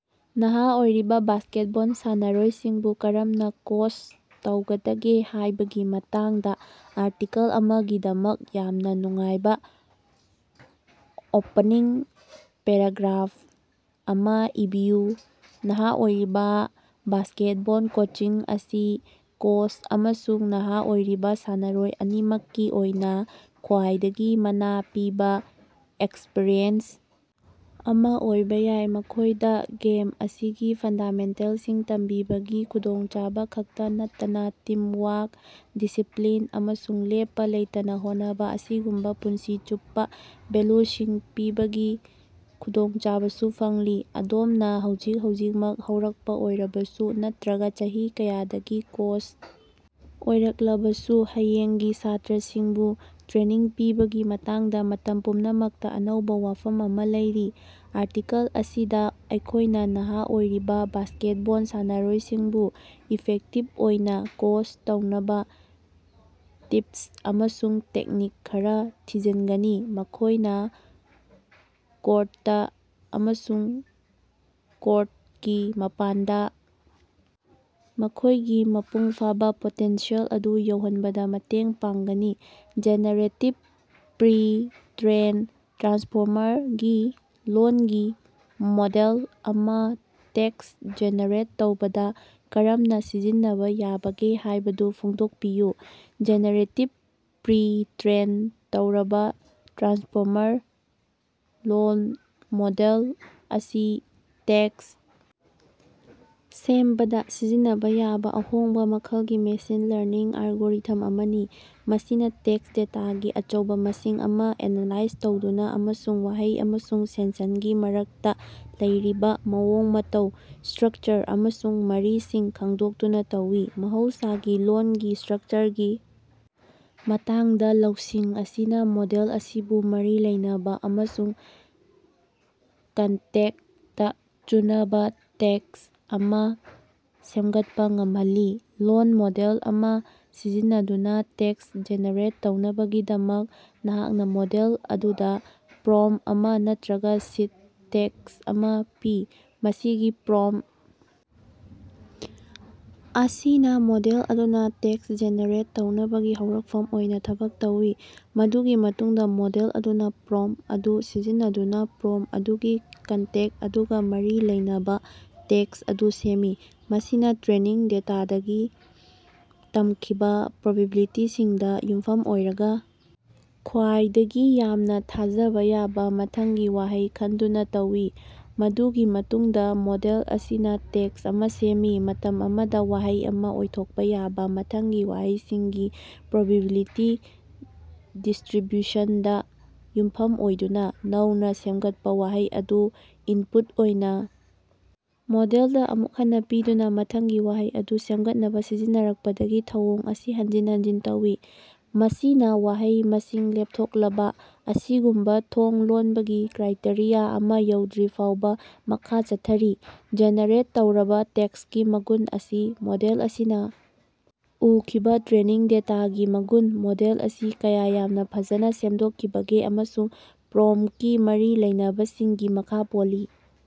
ꯅꯍꯥ ꯑꯣꯏꯔꯤꯕ ꯕꯥꯁ꯭ꯀꯦꯠꯕꯣꯜ ꯁꯥꯟꯅꯔꯣꯏꯁꯤꯡꯕꯨ ꯀꯔꯝꯅ ꯀꯣꯆ ꯇꯧꯒꯗꯒꯦ ꯍꯥꯏꯕꯒꯤ ꯃꯇꯥꯡꯗ ꯑꯥꯔꯇꯤꯀꯜ ꯑꯃꯒꯤꯗꯃꯛ ꯌꯥꯝꯅ ꯅꯨꯡꯉꯥꯏꯕ ꯑꯣꯄꯅꯤꯡ ꯄꯦꯔꯥꯒ꯭ꯔꯥꯐ ꯑꯃ ꯏꯕꯤꯌꯨ꯫ ꯅꯍ ꯑꯣꯏꯔꯤꯕ ꯕꯥꯁ꯭ꯀꯦꯠꯕꯣꯜ ꯀꯣꯆꯤꯡ ꯑꯁꯤ ꯀꯣꯆ ꯑꯃꯁꯨꯡ ꯅꯍꯥ ꯑꯣꯏꯔꯤꯕ ꯁꯥꯟꯅꯔꯣꯏ ꯑꯅꯤꯃꯛꯀꯤ ꯑꯣꯏꯅ ꯈ꯭ꯋꯥꯏꯗꯒꯤ ꯃꯅ ꯄꯤꯕ ꯑꯦꯛꯁꯄꯔꯤꯌꯦꯟꯁ ꯑꯃ ꯑꯣꯏꯕ ꯌꯥꯏ꯫ ꯃꯈꯣꯏꯗ ꯒꯦꯝ ꯑꯁꯤꯒꯤ ꯐꯟꯗꯥꯃꯦꯟꯇꯦꯜꯁꯤꯡ ꯇꯝꯕꯤꯕꯒꯤ ꯈꯨꯗꯣꯡꯆꯥꯕ ꯈꯛꯇ ꯅꯠꯇꯅ ꯇꯤꯝꯋꯥꯔꯛ, ꯗꯤꯁꯤꯄ꯭ꯂꯤꯟ, ꯑꯃꯁꯨꯡ ꯂꯦꯞꯄ ꯂꯩꯇꯅ ꯍꯣꯠꯅꯕ ꯑꯁꯤꯒꯨꯝꯕ ꯄꯨꯟꯁꯤ ꯆꯨꯞꯄ ꯚꯦꯂꯣꯁꯤꯡ ꯄꯤꯕꯒꯤ ꯈꯨꯗꯣꯡꯆꯥꯕꯁꯨ ꯐꯪꯂꯤ꯫ ꯑꯗꯣꯝꯅ ꯍꯧꯖꯤꯛ ꯍꯧꯖꯤꯛꯃꯛ ꯍꯧꯔꯛꯄ ꯑꯣꯏꯔꯕꯁꯨ ꯅꯠꯇ꯭ꯔꯒ ꯆꯍꯤ ꯀꯌꯥꯗꯒꯤ ꯀꯣꯆ ꯑꯣꯏꯔꯛꯂꯕꯁꯨ, ꯍꯌꯦꯡꯒꯤ ꯁ꯭ꯇꯥꯔꯁꯤꯡꯕꯨ ꯇ꯭ꯔꯦꯅꯤꯡ ꯄꯤꯕꯒꯤ ꯃꯇꯥꯡꯗꯥ ꯃꯇꯝ ꯄꯨꯝꯅꯃꯛꯇ ꯑꯅꯧꯕ ꯋꯥꯐꯝ ꯑꯃ ꯂꯩꯔꯤ꯫ ꯑꯥꯔꯇꯤꯀꯜ ꯑꯁꯤꯗꯥ ꯑꯩꯈꯣꯏꯅ ꯅꯍ ꯑꯣꯏꯔꯤꯕ ꯕꯥꯁ꯭ꯀꯦꯠꯕꯣꯜ ꯁꯥꯟꯅꯔꯣꯏꯁꯤꯡꯕꯨ ꯏꯐꯦꯛꯇꯤꯕ ꯑꯣꯏꯅ ꯀꯣꯆ ꯇꯧꯅꯕ ꯇꯤꯞꯁ ꯑꯃꯁꯨꯡ ꯇꯦꯛꯅꯤꯛ ꯈꯔ ꯊꯤꯖꯤꯟꯒꯅꯤ, ꯃꯈꯣꯏꯅ ꯀꯣꯔꯠꯇꯥ ꯑꯃꯁꯨꯡ ꯀꯣꯔꯇꯀꯤ ꯃꯄꯥꯟꯗ ꯃꯈꯣꯏꯒꯤ ꯃꯄꯨꯡ ꯐꯥꯕ ꯄꯣꯇꯦꯟꯁꯤꯌꯦꯜ ꯑꯗꯨ ꯌꯧꯍꯟꯕꯗ ꯃꯇꯦꯡ ꯄꯥꯡꯒꯅꯤ꯫ ꯖꯦꯅꯦꯔꯦꯇꯤꯕ ꯄ꯭ꯔꯤ ꯇ꯭ꯔꯦꯟ ꯇ꯭ꯔꯥꯟꯁꯐꯣꯔꯃꯔ ꯒꯤ ꯂꯣꯜꯒꯤ ꯃꯣꯗꯦꯜ ꯑꯃ ꯇꯦꯛ꯭ꯁ ꯖꯦꯅꯦꯔꯦꯠ ꯇꯧꯕꯗ ꯀꯔꯝꯅ ꯁꯤꯖꯤꯟꯅꯕ ꯌꯥꯕꯒꯦ ꯍꯥꯏꯕꯗꯨ ꯐꯣꯡꯗꯣꯛꯄꯤꯌꯨ꯫ ꯖꯦꯅꯦꯔꯦꯇꯤꯕ ꯄ꯭ꯔꯤ ꯇ꯭ꯔꯦꯟ ꯇꯧꯔꯕ ꯇ꯭ꯔꯥꯟꯁꯐꯣꯔꯃꯔ ꯂꯣꯜ ꯃꯣꯗꯦꯜ ꯑꯁꯤ ꯇꯦꯛ꯭ꯁ ꯁꯦꯝꯕꯗ ꯁꯤꯖꯤꯟꯅꯕ ꯌꯥꯕ ꯑꯍꯣꯡꯕ ꯃꯈꯜꯒꯤ ꯃꯦꯁꯤꯟ ꯂꯔꯅꯤꯡ ꯑꯦꯜꯒꯣꯔꯤꯊꯝ ꯑꯃꯅꯤ꯫ ꯃꯁꯤꯅ ꯇꯦꯛꯁ ꯗꯦꯇꯥꯒꯤ ꯑꯆꯧꯕ ꯃꯁꯤꯡ ꯑꯃ ꯑꯦꯅꯥꯂꯥꯏꯖ ꯇꯧꯗꯨꯅ ꯑꯃꯁꯨꯡ ꯋꯥꯍꯩ ꯑꯃꯁꯨꯡ ꯁꯦꯟꯁꯟꯒꯤ ꯃꯔꯛꯇ ꯂꯩꯔꯤꯕ ꯃꯑꯣꯡ ꯃꯇꯧ, ꯁꯇ꯭ꯔꯛꯆꯔ ꯑꯃꯁꯨꯡ ꯃꯔꯤꯁꯤꯡ ꯈꯪꯗꯣꯛꯇꯨꯅ ꯇꯧꯏ꯫ ꯃꯍꯧꯁꯥꯒꯤ ꯂꯣꯜꯒꯤ ꯁꯇ꯭ꯔꯛꯆꯔꯒꯤ ꯃꯇꯥꯡꯗ ꯂꯧꯁꯤꯡ ꯑꯁꯤꯅ ꯃꯣꯗꯦꯜ ꯑꯁꯤꯕꯨ ꯃꯔꯤ ꯂꯩꯅꯕ ꯑꯃꯁꯨꯡ ꯀꯟꯇꯦꯛꯁꯇ ꯆꯨꯅꯕ ꯇꯦꯛꯁ ꯑꯃ ꯁꯦꯝꯒꯠꯄꯥ ꯉꯝꯍꯜꯂꯤ꯫ ꯂꯣꯜ ꯃꯣꯗꯦꯜ ꯑꯃ ꯁꯤꯖꯤꯟꯅꯗꯨꯅ ꯇꯦꯛ꯭ꯁ ꯖꯦꯅꯦꯔꯦꯠ ꯇꯧꯅꯕꯒꯤꯗꯃꯛ, ꯅꯍꯥꯛꯅ ꯃꯣꯗꯦꯜ ꯑꯗꯨꯗ ꯄ꯭ꯔꯣꯝꯇ ꯑꯃ ꯅꯠꯇꯔꯒ ꯁꯤꯗ ꯇꯦꯛꯁ ꯑꯃ ꯄꯤ꯫ ꯃꯁꯤꯒꯤ ꯄ꯭ꯔꯣꯝꯇ ꯑꯁꯤꯅ ꯃꯣꯗꯦꯜ ꯑꯗꯨꯅ ꯇꯦꯛꯁꯠ ꯖꯦꯅꯦꯔꯦꯠ ꯇꯧꯅꯕꯒꯤ ꯍꯧꯔꯛꯐꯝ ꯑꯣꯏꯅ ꯊꯕꯛ ꯇꯧꯏ꯫ ꯃꯗꯨꯒꯤ ꯃꯇꯨꯡꯗ ꯃꯣꯗꯦꯜ ꯑꯗꯨꯅ ꯄ꯭ꯔꯣꯝꯇ ꯑꯗꯨ ꯁꯤꯖꯤꯟꯅꯗꯨꯅ ꯄ꯭ꯔꯣꯝꯇ ꯑꯗꯨꯒꯤ ꯀꯟꯇꯦꯛꯁ ꯑꯗꯨꯒ ꯃꯔꯤ ꯂꯩꯅꯕ ꯇꯦꯛꯁꯠ ꯑꯗꯨ ꯁꯦꯝꯃꯤ꯫ ꯃꯁꯤꯅ ꯇ꯭ꯔꯦꯅꯤꯡ ꯗꯦꯇꯥꯗꯒꯤ ꯇꯝꯈꯤꯕ ꯄ꯭ꯔꯣꯕꯤꯕꯤꯂꯤꯇꯤꯁꯤꯡꯗ ꯌꯨꯝꯐꯝ ꯑꯣꯏꯔꯒ ꯈ꯭ꯋꯥꯏꯗꯒꯤ ꯌꯥꯝꯅ ꯊꯥꯖꯕ ꯌꯥꯕ ꯃꯊꯪꯒꯤ ꯋꯥꯍꯩ ꯈꯟꯗꯨꯅ ꯇꯧꯏ꯫ ꯃꯗꯨꯒꯤ ꯃꯇꯨꯡꯗ ꯃꯣꯗꯦꯜ ꯑꯁꯤꯅ ꯇꯦꯛꯁ ꯑꯃ ꯁꯦꯝꯃꯤ, ꯃꯇꯝ ꯑꯃꯗ ꯋꯥꯍꯩ ꯑꯃ ꯑꯣꯏꯊꯣꯛꯄ ꯌꯥꯕ ꯃꯊꯪꯒꯤ ꯋꯥꯍꯩꯁꯤꯡꯒꯤ ꯄ꯭ꯔꯣꯕꯤꯕꯤꯂꯤꯇꯤ ꯗꯤꯁꯇ꯭ꯔꯤꯕ꯭ꯌꯨꯁꯟꯗ ꯌꯨꯝꯐꯝ ꯑꯣꯏꯗꯨꯅ꯫ ꯅꯧꯅ ꯁꯦꯝꯒꯠꯄ ꯋꯥꯍꯩ ꯑꯗꯨ ꯏꯟꯄꯨꯠ ꯑꯣꯏꯅ ꯃꯣꯗꯦꯜꯗ ꯑꯃꯨꯛ ꯍꯟꯅ ꯄꯤꯗꯨꯅ ꯃꯊꯪꯒꯤ ꯋꯥꯍꯩ ꯑꯗꯨ ꯁꯦꯝꯒꯠꯅꯕ ꯁꯤꯖꯤꯟꯅꯔꯛꯄꯗꯒꯤ ꯊꯧꯑꯣꯡ ꯑꯁꯤ ꯍꯟꯖꯤꯟ ꯍꯟꯖꯤꯟ ꯇꯧꯏ, ꯃꯁꯤꯅ ꯋꯥꯍꯩ ꯃꯁꯤꯡ ꯂꯦꯞꯊꯣꯛꯂꯕ ꯑꯁꯤꯒꯨꯝꯕ ꯊꯣꯡ ꯂꯣꯟꯕꯒꯤ ꯀ꯭ꯔꯥꯏꯇꯦꯔꯤꯌꯥ ꯑꯃ ꯌꯧꯗ꯭ꯔꯤꯐꯥꯎꯕꯥꫪ ꯃꯈꯥ ꯆꯠꯊꯔꯤ꯫ ꯖꯦꯅꯦꯔꯦꯠ ꯇꯧꯔꯕ ꯇꯦꯛꯁꯀꯤ ꯃꯒꯨꯟ ꯑꯁꯤ ꯃꯣꯗꯦꯜ ꯑꯁꯤꯅ ꯎꯈꯤꯕ ꯇ꯭ꯔꯦꯅꯤꯡ ꯗꯦꯇꯥꯒꯤ ꯃꯒꯨꯟ, ꯃꯣꯗꯦꯜ ꯑꯁꯤ ꯀꯌꯥ ꯌꯥꯝꯅ ꯐꯖꯅ ꯁꯦꯝꯗꯣꯛꯈꯤꯕꯒꯦ ꯑꯃꯁꯨꯡ ꯄ꯭ꯔꯣꯝꯇꯀꯤ ꯃꯔꯤ ꯂꯩꯅꯕꯁꯤꯡꯒꯤ ꯃꯈ ꯄꯣꯜꯂꯤ꯫